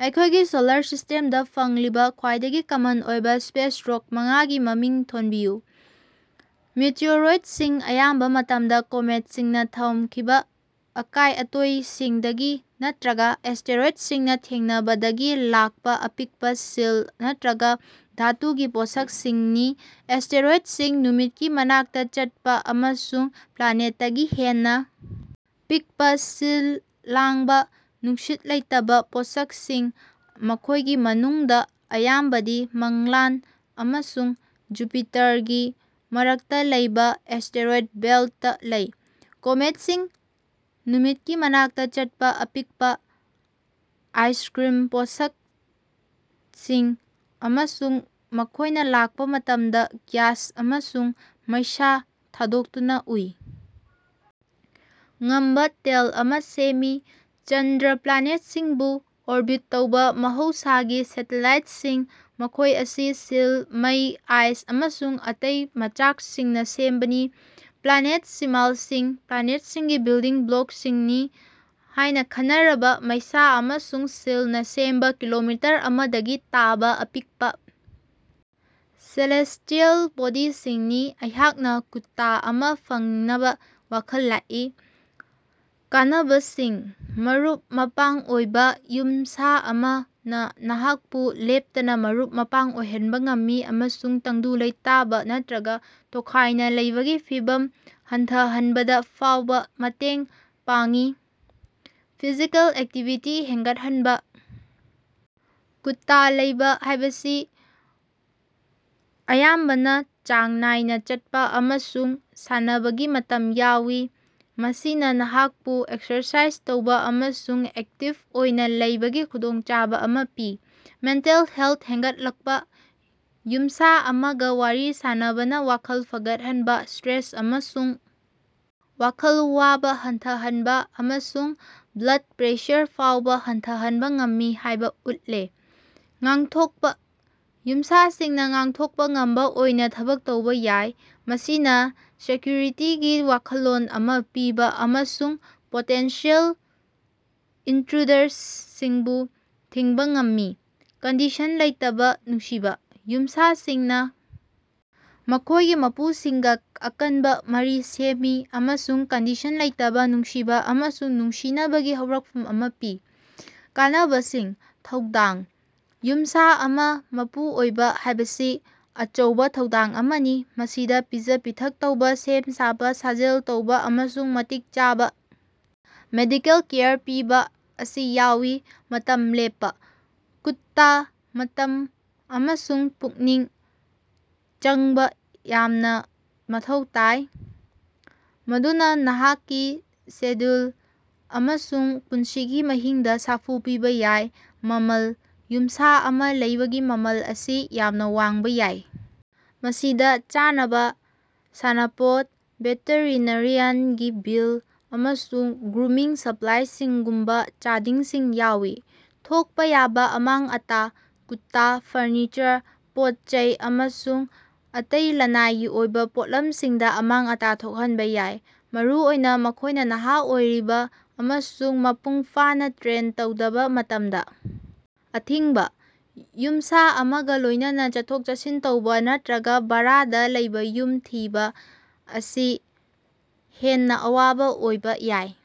ꯑꯩꯈꯣꯏꯒꯤ ꯁꯣꯂꯥꯔ ꯁꯤꯁꯇꯦꯝꯗ ꯐꯪꯂꯤꯕ ꯈ꯭ꯋꯥꯏꯗꯒꯤ ꯀꯃꯟ ꯑꯣꯏꯕ ꯁ꯭ꯄꯦꯁ ꯔꯣꯛ ꯃꯉꯥꯒꯤ ꯃꯃꯤꯡ ꯊꯣꯟꯕꯤꯌꯨ꯫ ꯃꯤꯇꯤꯑꯣꯔꯣꯏꯗꯁꯤꯡ ꯑꯌꯥꯝꯕ ꯃꯇꯝꯗ ꯀꯣꯃꯦꯠꯁꯤꯡꯅ ꯊꯝꯈꯤꯕ ꯑꯀꯥꯏ-ꯑꯇꯣꯏꯁꯤꯡꯗꯒꯤ ꯅꯠꯇ꯭ꯔꯒ ꯑꯦꯁꯇꯦꯔꯣꯏꯗꯁꯤꯡꯅ ꯊꯦꯡꯅꯕꯗꯒꯤ ꯂꯥꯛꯄ ꯑꯄꯤꯛꯄ ꯁꯤꯜ ꯅꯠꯇ꯭ꯔꯒ ꯙꯥꯇꯨꯒꯤ ꯄꯣꯠꯁꯛꯁꯤꯡꯅꯤ꯫ ꯑꯦꯁꯇꯦꯔꯣꯏꯗꯁꯤꯡ ꯅꯨꯃꯤꯠꯀꯤ ꯃꯅꯥꯛꯇꯆꯠꯄ ꯑꯃꯁꯨꯡ ꯄ꯭ꯂꯥꯅꯦꯠꯇꯒꯤ ꯍꯦꯟꯅ ꯄꯤꯛꯄ ꯁꯤꯜ ꯂꯥꯡꯕꯥ, ꯅꯨꯡꯁꯤꯠ ꯂꯩꯇꯕ ꯄꯣꯠꯁꯛꯁꯤꯡ, ꯃꯈꯣꯏꯒꯤ ꯃꯅꯨꯡꯗ ꯑꯌꯥꯝꯕꯗꯤ ꯃꯪꯂꯥꯟ ꯑꯃꯁꯨꯡ ꯖꯨꯄꯤꯇꯥꯔꯒꯤ ꯃꯔꯛꯇ ꯂꯩꯕ ꯑꯦꯁꯇꯦꯔꯣꯏꯗ ꯕꯦꯜꯇꯇ ꯂꯩ꯫ ꯀꯣꯃꯦꯠꯁꯤꯡ ꯅꯨꯃꯤꯠꯀꯤ ꯃꯅꯥꯛꯇ ꯆꯠꯄ ꯑꯄꯤꯛꯄ ꯑꯥꯏꯁꯀ꯭ꯔꯤꯝ ꯄꯣꯠꯁꯛꯁꯤꯡ ꯑꯃꯁꯨꯡ ꯃꯈꯣꯏꯅ ꯂꯥꯛꯄ ꯃꯇꯝꯗ ꯒ꯭ꯌꯥꯁ ꯑꯃꯁꯨꯡ ꯃꯩꯁꯥ ꯊꯥꯗꯣꯛꯇꯨꯅ ꯎꯏ ꯉꯝꯕꯥ "ꯇꯦꯜ" ꯑꯃ ꯁꯦꯝꯃꯤ꯫ ꯆꯟꯗ꯭ꯔ ꯄ꯭ꯂꯥꯅꯦꯠꯁꯤꯡꯕꯨ ꯑꯣꯔꯕꯤꯠ ꯇꯧꯕ ꯃꯍꯧꯁꯥꯒꯤ ꯁꯦꯇꯦꯂꯥꯏꯠꯁꯤꯡ, ꯃꯈꯣꯏ ꯑꯁꯤ ꯁꯤꯜ, ꯃꯩ, ꯑꯥꯏꯁ ꯑꯃꯁꯨꯡ ꯑꯇꯩ ꯃꯆꯥꯛꯁꯤꯡꯅ ꯁꯦꯝꯕꯅꯤ꯫ ꯄ꯭ꯂꯥꯅꯦꯠꯁꯤꯃꯥꯜꯁꯤꯡ ꯄ꯭ꯂꯥꯅꯦꯠꯁꯤꯡꯒꯤ ꯕꯤꯜꯗꯤꯡ ꯕ꯭ꯂꯣꯛꯁꯤꯡꯅꯤ ꯍꯥꯏꯅ ꯈꯟꯅꯔꯕ ꯃꯩꯁꯥ ꯑꯃꯁꯨꯡ ꯁꯤꯂꯅ ꯁꯦꯝꯕ ꯀꯤꯂꯣꯃꯤꯇꯔ ꯑꯃꯗꯒꯤ ꯇꯥꯕꯥ ꯑꯄꯤꯛꯄꯥ ꯁꯦꯂꯦꯁꯇꯤꯑꯦꯜ ꯕꯣꯗꯤꯁꯤꯡꯅꯤ꯫ ꯑꯩꯍꯥꯛꯅ ꯀꯨꯠꯇꯥ ꯑꯃ ꯐꯪꯅꯕ ꯋꯥꯈꯜ ꯂꯥꯛꯂꯤ꯫ ꯀꯥꯟꯅꯕꯁꯤꯡ: ꯃꯔꯨꯞ-ꯃꯄꯥꯡ ꯑꯣꯏꯕ: ꯌꯨꯝꯁꯥ ꯑꯃꯅ ꯅꯍꯥꯛꯄꯨ ꯂꯦꯞꯇꯅ ꯃꯔꯨꯞ-ꯃꯄꯥꯡ ꯑꯣꯏꯍꯟꯕ ꯉꯝꯃꯤ ꯑꯃꯁꯨꯡ ꯇꯪꯗꯨ ꯂꯩꯇꯥꯕꯥ ꯅꯠꯇ꯭ꯔꯒ ꯇꯣꯈꯥꯏꯅ ꯂꯩꯕꯒꯤ ꯐꯤꯚꯝ ꯍꯟꯊꯍꯟꯕꯗ ꯐꯥꯎꯕ ꯃꯇꯦꯡ ꯄꯥꯡꯏ꯫ ꯐꯤꯖꯤꯀꯦꯜ ꯑꯦꯛꯇꯤꯚꯤꯇꯤ ꯍꯦꯟꯒꯠꯍꯟꯕ: ꯀꯨꯠꯇꯥ ꯂꯩꯕ ꯍꯥꯏꯕꯁꯤ ꯑꯌꯥꯝꯕꯅ ꯆꯥꯡ ꯅꯥꯏꯅ ꯆꯠꯄ ꯑꯃꯁꯨꯡ ꯁꯥꯟꯅꯕꯒꯤ ꯃꯇꯝ ꯌꯥꯎꯏ꯫ ꯃꯁꯤꯅ ꯅꯍꯥꯛꯄꯨ ꯑꯦꯛꯁꯔꯁꯥꯏꯖ ꯇꯧꯕ ꯑꯃꯁꯨꯡ ꯑꯦꯛꯇꯤꯕ ꯑꯣꯏꯅ ꯂꯩꯕꯒꯤ ꯈꯨꯗꯣꯡꯆꯥꯕ ꯑꯃ ꯄꯤ꯫ ꯃꯦꯟꯇꯦꯜ ꯍꯦꯜꯊ ꯍꯦꯟꯒꯠꯂꯛꯄ: ꯌꯨꯃꯁꯥ ꯑꯃꯒ ꯋꯥꯔꯤ ꯁꯥꯅꯕꯅ ꯋꯥꯈꯜ ꯐꯒꯠꯍꯟꯕ, ꯁ꯭ꯇꯔꯦꯁ ꯑꯃꯁꯨꯡ ꯋꯥꯈꯜ ꯋꯥꯕ ꯍꯟꯊꯍꯟꯕ, ꯑꯃꯁꯨꯡ ꯕ꯭ꯂꯗ ꯄ꯭ꯔꯦꯁꯔ ꯐꯥꯎꯕ ꯍꯟꯊꯍꯟꯕ ꯉꯝꯃꯤ ꯍꯥꯏꯕ ꯎꯠꯂꯦ꯫ ꯉꯥꯛꯊꯣꯛꯄ: ꯌꯨꯝꯁꯥꯁꯤꯡꯅ ꯉꯥꯛꯊꯣꯛꯄ ꯉꯝꯕ ꯑꯣꯏꯅ ꯊꯕꯛ ꯇꯧꯕ ꯌꯥꯏ꯫ ꯃꯁꯤꯅ ꯁꯦꯀ꯭ꯌꯨꯔꯤꯇꯤꯒꯤ ꯋꯥꯈꯜꯂꯣꯟ ꯑꯃ ꯄꯤꯕ ꯑꯃꯁꯨꯡ ꯄꯣꯇꯦꯟꯁꯤꯑꯦꯜ ꯏꯅꯇ꯭ꯔꯨꯗꯔꯁꯤꯡꯕꯨ ꯊꯤꯡꯕ ꯉꯝꯃꯤ꯫ ꯀꯟꯗꯤꯁꯟ ꯂꯩꯇꯕ ꯅꯨꯡꯁꯤꯕ: ꯌꯨꯃꯁꯥꯁꯤꯡꯅ ꯃꯈꯣꯏꯒꯤ ꯃꯄꯨꯁꯤꯡꯒ ꯑꯀꯟꯕ ꯃꯔꯤ ꯁꯦꯝꯃꯤ ꯑꯃꯁꯨꯡ ꯀꯟꯗꯤꯁꯟ ꯂꯩꯇꯕ ꯅꯨꯡꯁꯤꯕ ꯑꯃꯁꯨꯡ ꯅꯨꯡꯁꯤꯅꯕꯒꯤ ꯍꯧꯔꯛꯐꯝ ꯑꯃ ꯄꯤ꯫ ꯀꯥꯟꯅꯕꯁꯤꯡ: ꯊꯧꯗꯥꯡ: ꯌꯨꯝꯁꯥ ꯑꯃ ꯃꯄꯨ ꯑꯣꯏꯕ ꯍꯥꯏꯕꯁꯤ ꯑꯆꯧꯕ ꯊꯧꯗꯥꯡ ꯑꯃꯅꯤ꯫ ꯃꯁꯤꯗ ꯄꯤꯖ-ꯄꯤꯊꯛ ꯇꯧꯕ ꯁꯦꯝ-ꯁꯥꯕ ꯁꯥꯖꯦꯜ ꯇꯧꯕ ꯑꯃꯁꯨꯡ ꯃꯇꯤꯛ ꯆꯥꯕ ꯃꯦꯗꯤꯀꯦꯜ ꯀꯦꯌꯔ ꯄꯤꯕ ꯑꯁꯤ ꯌꯥꯎꯏ꯫ ꯃꯇꯝ ꯂꯦꯞꯄ: ꯀꯨꯠꯇ ꯃꯇꯝ ꯑꯃꯁꯨꯡ ꯄꯨꯛꯅꯤꯡ ꯆꯪꯕ ꯌꯥꯝꯅ ꯃꯊꯧ ꯇꯥꯏ꯫ ꯃꯗꯨꯅ ꯅꯍꯥꯛꯀꯤ ꯁꯦꯗ꯭ꯌꯨꯜ ꯑꯃꯁꯨꯡ ꯄꯨꯟꯁꯤ ꯃꯍꯤꯡꯗ ꯁꯥꯐꯨ ꯄꯤꯕ ꯌꯥꯏ꯫ ꯃꯃꯜ: ꯌꯨꯝꯁꯥ ꯑꯃ ꯂꯩꯕꯒꯤ ꯃꯃꯜ ꯑꯁꯤ ꯌꯥꯝꯅ ꯋꯥꯡꯕ ꯌꯥꯏ꯫ ꯃꯁꯤꯗ ꯆꯥꯅꯕ, ꯁꯥꯟꯅꯄꯣꯠ, ꯚꯦꯇꯔꯤꯅꯔꯤꯌꯥꯟꯒꯤ ꯕꯤꯜ, ꯑꯃꯁꯨꯡ ꯒ꯭ꯔꯨꯃꯤꯡ ꯁꯞꯂꯥꯏꯁꯤꯡꯒꯨꯝꯕ ꯆꯥꯗꯤꯡꯁꯤꯡ ꯌꯥꯎꯏ꯫ ꯊꯣꯛꯄ ꯌꯥꯕ ꯑꯃꯥꯡ-ꯑꯇꯥ: ꯀꯨꯠꯇꯥ ꯐꯔꯅꯤꯆꯔ, ꯄꯣꯠ-ꯆꯩ ꯑꯃꯁꯨꯡ ꯑꯇꯩ ꯂꯅꯥꯏꯒꯤ ꯑꯣꯏꯕ ꯄꯣꯠꯂꯝꯁꯤꯡꯗ ꯑꯃꯥꯡ-ꯑꯇꯥ ꯊꯣꯛꯍꯟꯕ ꯌꯥꯏ꯫ ꯃꯔꯨꯑꯣꯏꯅ ꯃꯈꯣꯏꯅ ꯅꯍꯥ ꯑꯣꯏꯔꯤꯕ ꯑꯃꯁꯨꯡ ꯃꯄꯨꯡꯐꯥꯅ ꯇ꯭ꯔꯦꯟ ꯇꯧꯗꯕ ꯃꯇꯝꯗ꯫ ꯑꯊꯤꯡꯕ: ꯌꯨꯃꯁꯥ ꯑꯃꯒ ꯂꯣꯏꯅꯅ ꯆꯠꯊꯣꯛ-ꯆꯠꯁꯤꯟ ꯇꯧꯕ ꯅꯠꯇ꯭ꯔꯒ ꯚꯥꯔꯥꯗ ꯂꯩꯕ ꯌꯨꯝ ꯊꯤꯕ ꯑꯁꯤ ꯍꯦꯟꯅ ꯑꯋꯥꯕ ꯑꯣꯏꯕ ꯌꯥꯏ꯫